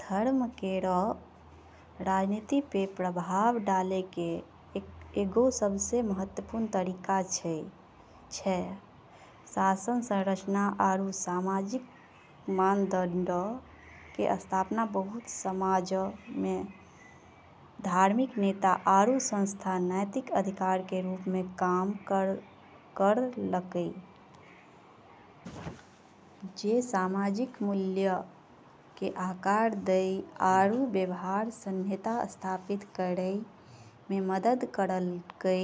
धर्म केरऽ राजनीति पे प्रभाव डालै के एगो सबसें महत्वपूर्ण तरीका छै शासन संरचना आरू सामाजिक मानदंडऽ के स्थापना बहुत समाजऽ मे धार्मिक नेता आरू संस्था नैतिक अधिकार के रूप मे काम करलकै जे सामाजिक मूल्यऽ के आकार दै आरू व्यवहार संहिता स्थापित करै मे मदद करलकै,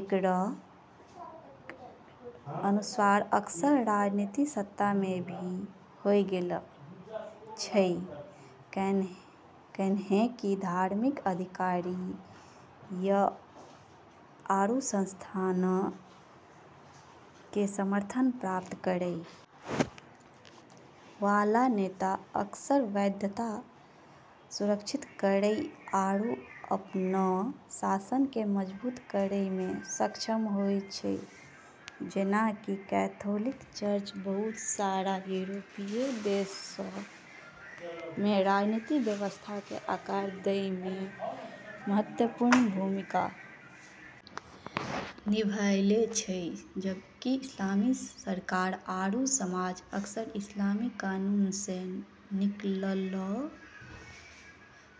एकरऽ अनुवाद अक्सर राजनीतिक सत्ता मे भी होय गेलऽ छै, कैन्हेंकि धार्मिक अधिकारियऽ आरू संस्थानऽ के समर्थन प्राप्त करै वाला नेता अक्सर वैधता सुरक्षित करै आरू अपनऽ शासन के मजबूत करै मे सक्षम होय छै जेना कि कैथोलिक चर्च बहुत सारा यूरोपीय देशऽ मे राजनीतिक व्यवस्था के आकार दै मे महत्वपूर्ण भूमिका निभैले छै, जबकि इस्लामी सरकार आरू समाज अक्सर इस्लामी कानून से निकललऽ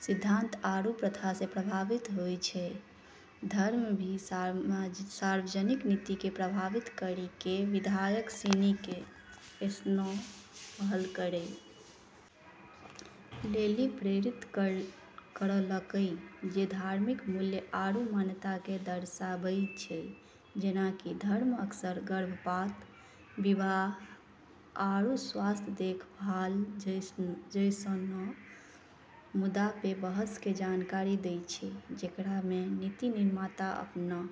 सिद्धांत आरू प्रथा से प्रभावित होय छै, धर्म भी सार्वजनिक नीति के प्रभावित करी के विधायक सिनी के ऐसनऽ पहल करै लेली प्रेरित करलकै जे धार्मिक मूल्य आरू मान्यता के दर्शाबै छै जेना कि धर्म अक्सर गर्भपात, विवाह आरू स्वास्थ्य देखभाल जैसनऽ मुद्दा पे बहस के जानकारी दै छै जेकरा मे नीति निर्माता अपनऽ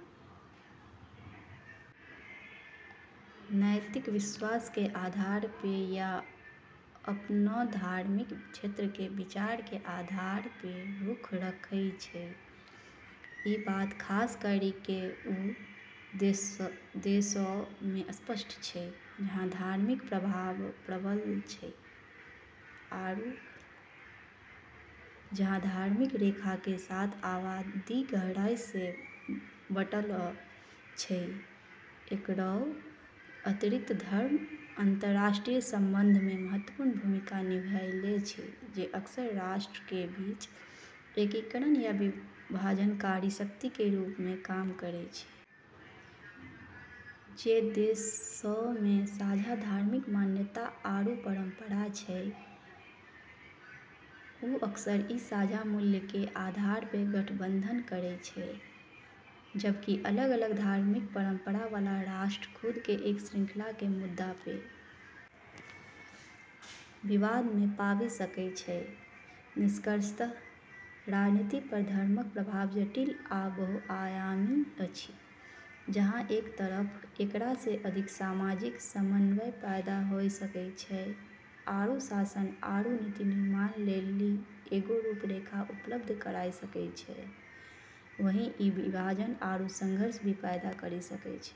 नैतिक विश्वास के आधार पे या अपनऽ धार्मिक क्षेत्र के विचार के आधार पे रुख रखै छै, ई बात खास करी के उ देशऽ मे स्पष्ट छै, जहां धार्मिक प्रभाव प्रबल छै आरू जहाँ धार्मिक रेखा के साथ आबादी गहराई से बंटलऽ छै, एकरऽ अतिरिक्त, धर्म अंतर्राष्ट्रीय संबंधऽ मे महत्वपूर्ण भूमिका निभैले छै जे अक्सर राष्ट्रऽ के बीच एकीकरण या विभाजनकारी शक्ति के रूप म॑ काम करै छै। जे देशऽ मे साझा धार्मिक मान्यता आरू परंपरा छै, उ अक्सर ई साझा मूल्यऽ के आधार पे गठबंधन करै छै, जबकि अलग-अलग धार्मिक परंपरा वाला राष्ट्र खुद के एक श्रृंखला के मुद्दा पे विवाद मे पाबी सकै छै, निष्कर्षतः राजनीति पर धर्मक प्रभाव जटिल आ बहुआयामी अछि, जहाँ एक तरफ एकरा से अधिक सामाजिक समन्वय पैदा होय सकै छै आरू शासन आरू नीति निर्माण लेली एगो रूपरेखा उपलब्ध कराय सकै छै, वहीं ई विभाजन आरू संघर्ष भी पैदा करी सकै छै।